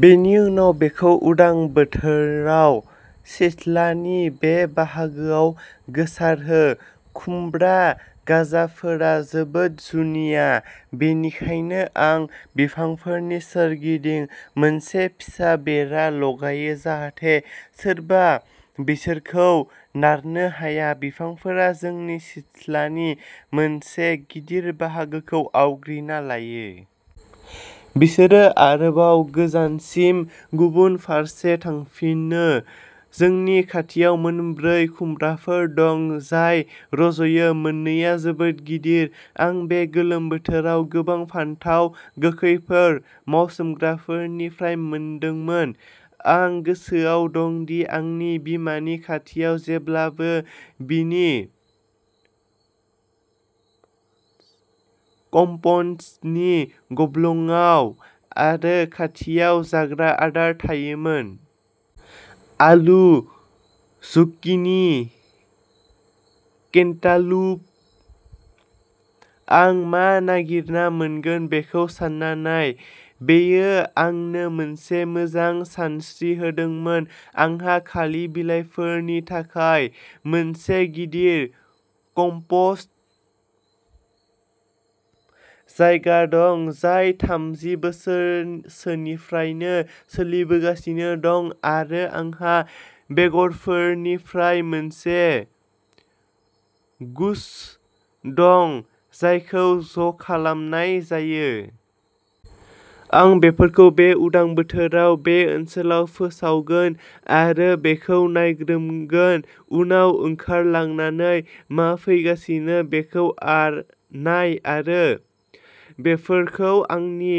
बेनि उनाव बेखौ उदां बोथोराव सिथ्लानि बे बाहागोआव गोसारहो। खुमब्रा गाजाफोरा जोबोद जुनिया। बेनिखायनो आं बिफांफोरनि सोरगिदिं मोनसे फिसा बेरा लागायो जाहाथे सोरबा बिसोरखौ नारनो हाया। बिफांफोरा जोंनि सिथ्लानि मोनसे गिदिर बाहागोखौ आवग्रिना लायो। बिसोरो आरोबाव गोजानसिम गुबुन फारसे थांफिनो। जोंनि खाथियाव मोन ब्रै खुमब्राफोर दं जाय रज'यो। मोननैआ जोबोद गिदिर। आं बे गोलोम बोथोरावबो गोबां फानथाव गोखैफोरखौ मावसोमग्राफोरनिफ्राय मोनदोंमोन। आं गोसोआव दं दि आंनि बिमानि खाथियाव जेब्लाबो बिनि कमपस्टनि गब्लंआव आरो खाथियाव जाग्रा आदार थायोमोन। आलु, जुकिनि, केन्टालुप। आं मा नागिरना मोनगोन बेखौ सानना नाय। बेयो आंनो मोनसे मोजां सानस्रि होदोंमोन। आंहा खालि बिलाइफोरनि थाखाय मोनसे गिदिर कमपस्ट जायगा दं। जाय थामजि बोसोरसोनिफ्रायनो सोलिबोगासिनो दं। आरो आंहा बेगरफोरनि मोनसे गुच्च दं जायखौ ज'खालामनाय जायो। आं बेफोरखौ बे उदां बोथोराव बे ओनसोलाव फोसावगोन आरो बेखौ नायग्रोमगोन। उनाव ओंखारलांनानै मा फैगासिनो बेखौ नाय आरो बेफोरखौ आंनि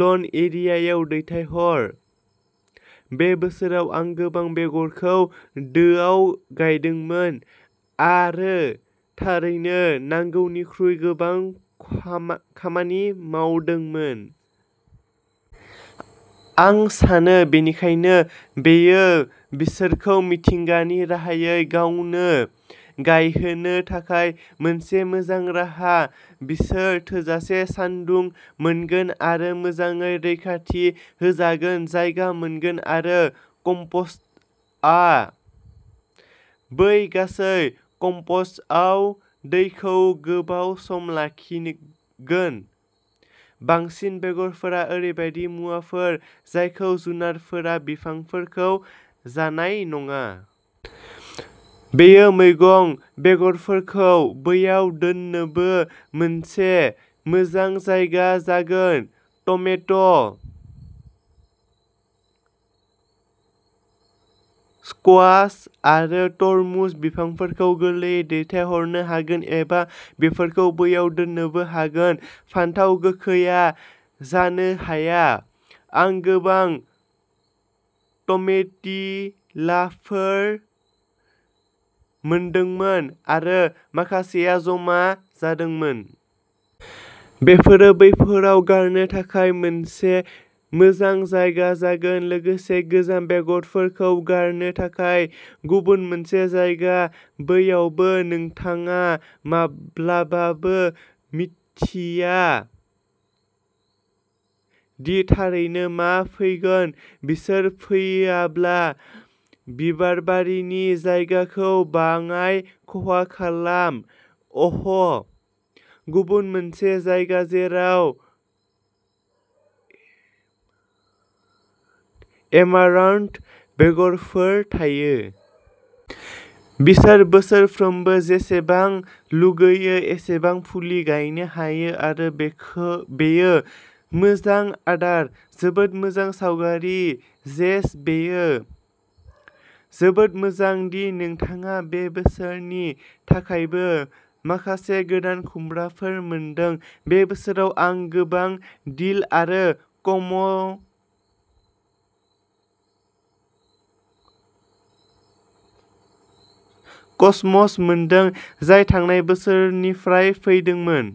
लन एरियायाव दैथायहर। बे बोसोराव आं गोबां बेगरखौ दोआव गायदोंमोन आरो थारैनो नांगौनिख्रुइ गोबां खामानि मावदोंमोन। आं सानो बेनिखायनो बेयो बिसोरखौ मिथिंगानि राहायै गावनो गायहोनो थाखाय मोनसे मोजां राहा। बिसोर थोजासे सान्दुं मोनगोन आरो मोजाङै रैखाथि होजानाय जायगा मोनगोन आरो कमपस्टआ बै गासै कमपस्टआव दैखौ गोबाव सम लाखिगोन। बांसिन बेगरफोरा ओरैबायदि मुवाफोर जायखौ जुनारफोरा बिफांफोरखौ जानाय नङा। बेयो मैगं बेगरफोरखौ बैयाव दोननोबो मोनसे मोजां जायगा जागोन। टमेट', स्क्वाश आरो तरमुज बिफांफोरखौ गोरलैयै दैथायहरनो हागोन एबा बेफोरखौ बैयाव दोननोबो हागोन। फानथाव गोखैआ जानो हाया। आं गोबां टमेटिलाफोर मोनदोंमोन। आरो माखासेआ जमा जादोंमोन। बेफोरो बैफोराव गारनो थाखाय मोनसे मोजां जायगा जागोन। लोगोसे गोजाम बेगरफोरखौ गारनो थाखाय गुबुन मोनसे जायगा। बैयावबो नोंथाङा माब्लाबाबो मिनथिया दि थारैनो मा फैगोन। बिसोर फैयाब्ला बिबारबारिनि जायगाखौ बाङाइ खहा खालाम। अ'ह गुबुन मोनसे जायगा जेराव एमारान्थ बेगरफोर थायो। बिसोर बोसोरफ्रोमबो जेसेबां लुबैयो एसेबां फुलि गायनो हायो आरो बेयो मोजां आदार। जोबोद मोजां सावगारि जेस बेयो जोबोद मोजां दि नोंथाङा बे बोसोरनि थाखायबो माखासे गोदान खुमब्राफोर मोनदों। बे बोसोराव आं गोबां डिल आरो कसमस मोनदों जाय थांनाय बोसोरनिफ्राय फैदोंमोन।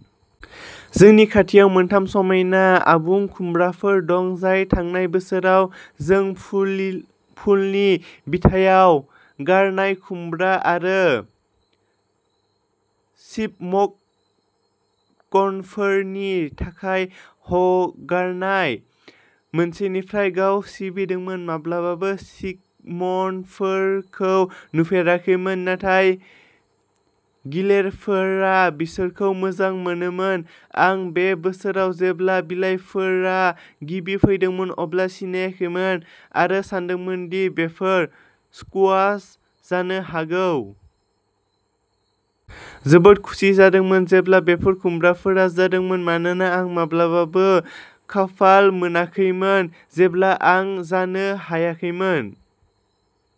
जोंनि खाथियाव मोनथाम समायना आबुं खुमब्राफोर दं जाय थांनाय बोसोराव जों फुलनि बिथायाव गारनाय खुमब्रा आरो चिपमन्कफोरनि थाखाय हगारनाय मोनसेनिफ्राय गाव सिबिदोंमोन। माब्लाबाबो चिपमन्कफोरखौ नुफेराखैमोन नाथाय गिलेरफोरा बिसोरखौ मोजां मोनोमोन। आं बे बोसोराव जेब्ला बिलाइफोरा गिबि फैदोंमोन अब्ला सिनायाखैमोन आरो सानदोंमोन दि बेफोर स्कुवाश जानो हागौ। जोबोद खुसि जादोंमोन जेब्ला बेफोर खुमब्राफोर जादोंमोन। मानोना आं माब्लाबाबो खाफाल मोनाखैमोन जेब्ला आं जानो हायाखैमोन।